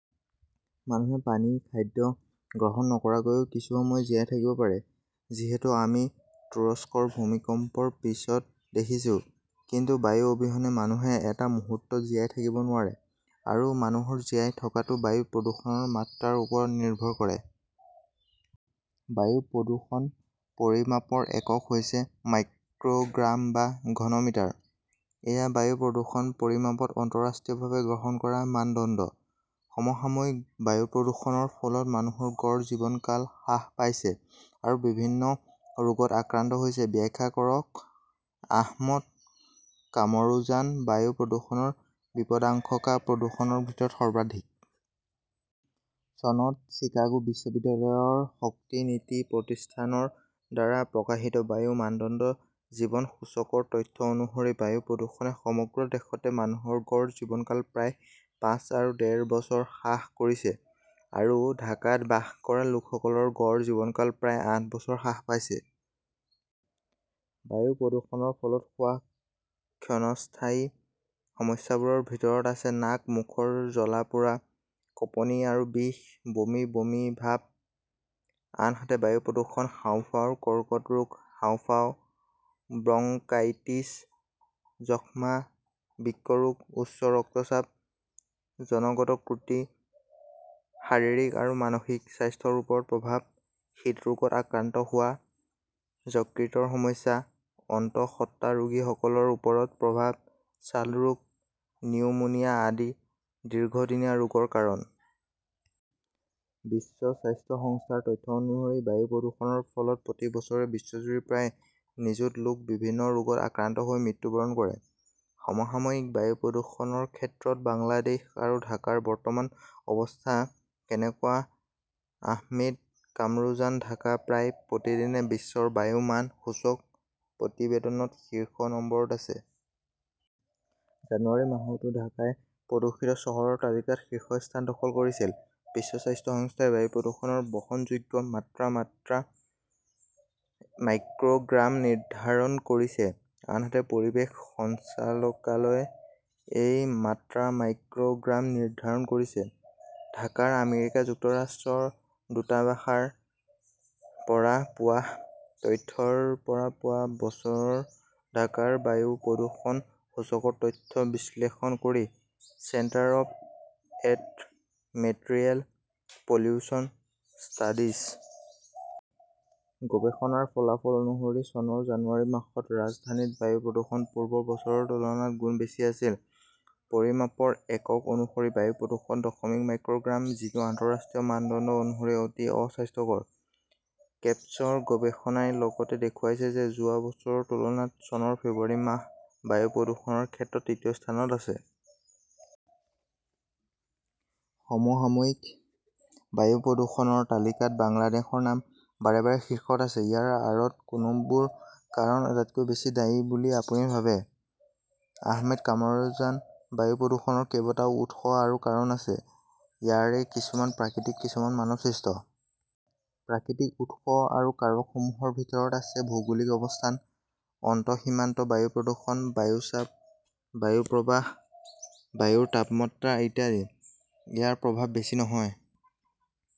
মানুহে পানী-খাদ্য গ্ৰহণ নকৰাকৈও কিছু সময় জীয়াই থাকিব পাৰে। যিহেতু আমি তুৰস্কৰ ভূমিকম্পৰ পিছত দেখিছো। কিন্তু বায়ু অবিহনে মানুহে এটা মুহূৰ্ত জীয়াই থাকিব নোৱাৰে। আৰু মানুহৰ জীয়াই থকাটো বায়ু প্ৰদূষণৰ মাত্ৰাৰ ওপৰত নিৰ্ভৰ কৰে। বায়ু প্ৰদূষণ পৰিমাপৰ একক হৈছে মাইক্ৰ গ্ৰাম বা ঘন মিটাৰ। এয়া বায়ু প্ৰদূষণ পৰিমাপত আন্তঃৰাষ্ট্ৰীয়ভাৱে গ্ৰহণ কৰা মানদণ্ড। সমসাময়িকঃ বায়ু প্ৰদূষণৰ ফলত মানুহৰ গড় জীৱনকাল হ্ৰাস পাইছে আৰু বিভিন্ন ৰোগত আক্ৰান্ত হৈছে-ব্যাখ্যা কৰক আহমেদ কামৰুজানঃ বায়ু প্ৰদূষণৰ বিপদাশংকা প্ৰদূষণৰ ভিতৰত সৰ্বাধিক। চনত চিকাগো বিশ্ববিদ্যালয়ৰ শক্তি নীতি প্ৰতিষ্ঠান ৰ দ্বাৰা প্ৰকাশিত বায়ু মানদণ্ড জীৱন সূচক ৰ তথ্য অনুসৰি, বায়ু প্ৰদূষণে সমগ্ৰ দেশতে মানুহৰ গড় জীৱনকাল প্ৰায় পাঁচ আৰু ডেৰ বছৰ হ্ৰাস কৰিছে আৰু ঢাকাত বাস কৰা লোকসকলৰ গড় জীৱনকাল প্ৰায় আঠ বছৰ হ্ৰাস পাইছে। বায়ু প্ৰদূষণৰ ফলত হোৱা ক্ষণস্থায়ী সমস্যাবোৰৰ ভিতৰত আছে নাক মুখৰ জ্বলা পোৰা, কঁপনি আৰু বিষ, বমি বমি ভাব। আনহাতে, বায়ু প্ৰদূষণ হাঁওফাঁওৰ কৰ্কট ৰোগ, হাঁওফাঁও, ব্ৰংকাইটিছ, যক্ষ্মা, বৃক্ক ৰোগ, উচ্চ ৰক্তচাপ, জন্মগত ত্ৰুটি, শাৰীৰিক আৰু মানসিক স্বাস্থ্যৰ ওপৰত প্ৰভাৱ, হৃদৰোগত আক্ৰান্ত হোৱা, যকৃতৰ সমস্যা, অন্তঃসত্ত্বাৰোগীসকলৰ ওপৰত প্ৰভাৱ, ছালৰ ৰোগ, নিউমোনিয়া আদি দীৰ্ঘদিনীয়া ৰোগৰ কাৰণ। বিশ্ব স্বাস্থ্য সংস্থাৰ তথ্য অনুসৰি, বায়ু প্ৰদূষণৰ ফলত প্ৰতি বছৰে বিশ্বজুৰি প্ৰায় নিযুত লোক বিভিন্ন ৰোগত আক্ৰান্ত হৈ মৃত্যুবৰণ কৰে। সমসাময়িকঃ বায়ু প্ৰদূষণৰ ক্ষেত্ৰত বাংলাদেশ আৰু ঢাকাৰ বৰ্তমানৰ অৱস্থা কেনেকুৱা আহমেদ কামৰুজানঃ ঢাকা প্ৰায় প্ৰতিদিনে বিশ্বৰ বায়ু মান সূচক প্ৰতিবেদনত শীৰ্ষ নম্বৰত আছে। জানুৱাৰী মাহতো ঢাকাই প্ৰদূষিত চহৰৰ তালিকাত শীৰ্ষস্থান দখল কৰিছিল। বিশ্ব স্বাস্থ্য সংস্থাই বায়ু প্ৰদূষণৰ বহনযোগ্য মাত্ৰা মাত্ৰ মাইক্ৰ গ্ৰাম নিৰ্ধাৰণ কৰিছে। আনহাতে পৰিৱেশ সঞ্চালকালয়ই এই মাত্ৰা মাইক্ৰ গ্ৰাম নিৰ্ধাৰণ কৰিছে। ঢাকাৰ আমেৰিকা যুক্তৰাষ্ট্ৰৰ দূতাবাসৰ পৰা পোৱা তথ্যৰ পৰা যোৱা বছৰৰ ঢাকাৰ বায়ু প্ৰদূষণ সূচকৰ তথ্য বিশ্লেষণ কৰি 'centre of environmental pollution studies. গৱেষণাৰ ফলাফল অনুসৰি, চনৰ জানুৱাৰী মাহত ৰাজধানীত বায়ু প্ৰদূষণ পূৰ্বৰ বছৰৰ তুলনাত গুণ বেছি আছিল। পৰিমাপৰ একক অনুসৰি বায়ু প্ৰদূষণ দশমিক মাইক্ৰ গ্ৰাম, যিটো আন্তঃৰাষ্ট্ৰীয় মানদণ্ড অনুসৰি অতি অস্বাস্থ্যকৰ। কেপছৰ গৱেষণাই লগতে দেখুৱাইছে যে যোৱা বছৰৰ তুলনাত চনৰ ফেব্ৰুৱাৰী মাহ বায়ু প্ৰদূষণৰ ক্ষেত্ৰত তৃতীয় স্থানত আছে। সমসাময়িকঃ বায়ু প্ৰদূষণৰ তালিকাত বাংলাদেশৰ নাম বাৰে বাৰে শীৰ্ষত আছে। ইয়াৰ আঁৰত কোনবোৰ কাৰণ আটাইতকৈ বেছি দায়ী বুলি আপুনি ভাবে আহমেদ কামৰুজানঃ বায়ু প্ৰদূষণৰ কেইবাটাও উৎস আৰু কাৰণ আছে। ইয়াৰে কিছুমান প্ৰাকৃতিক, কিছুমান মানৱসৃষ্ট। প্ৰাকৃতিক উৎস আৰু কাৰকসমূহৰ ভিতৰত আছে ভৌগোলিক অৱস্থান, আন্তঃসীমান্ত বায়ু প্ৰদূষণ, বায়ু চাপ, বায়ু প্ৰবাহ, বায়ুৰ তাপমাত্ৰা ইত্যাদি। ইয়াৰ প্ৰভাৱ বেছি নহয়।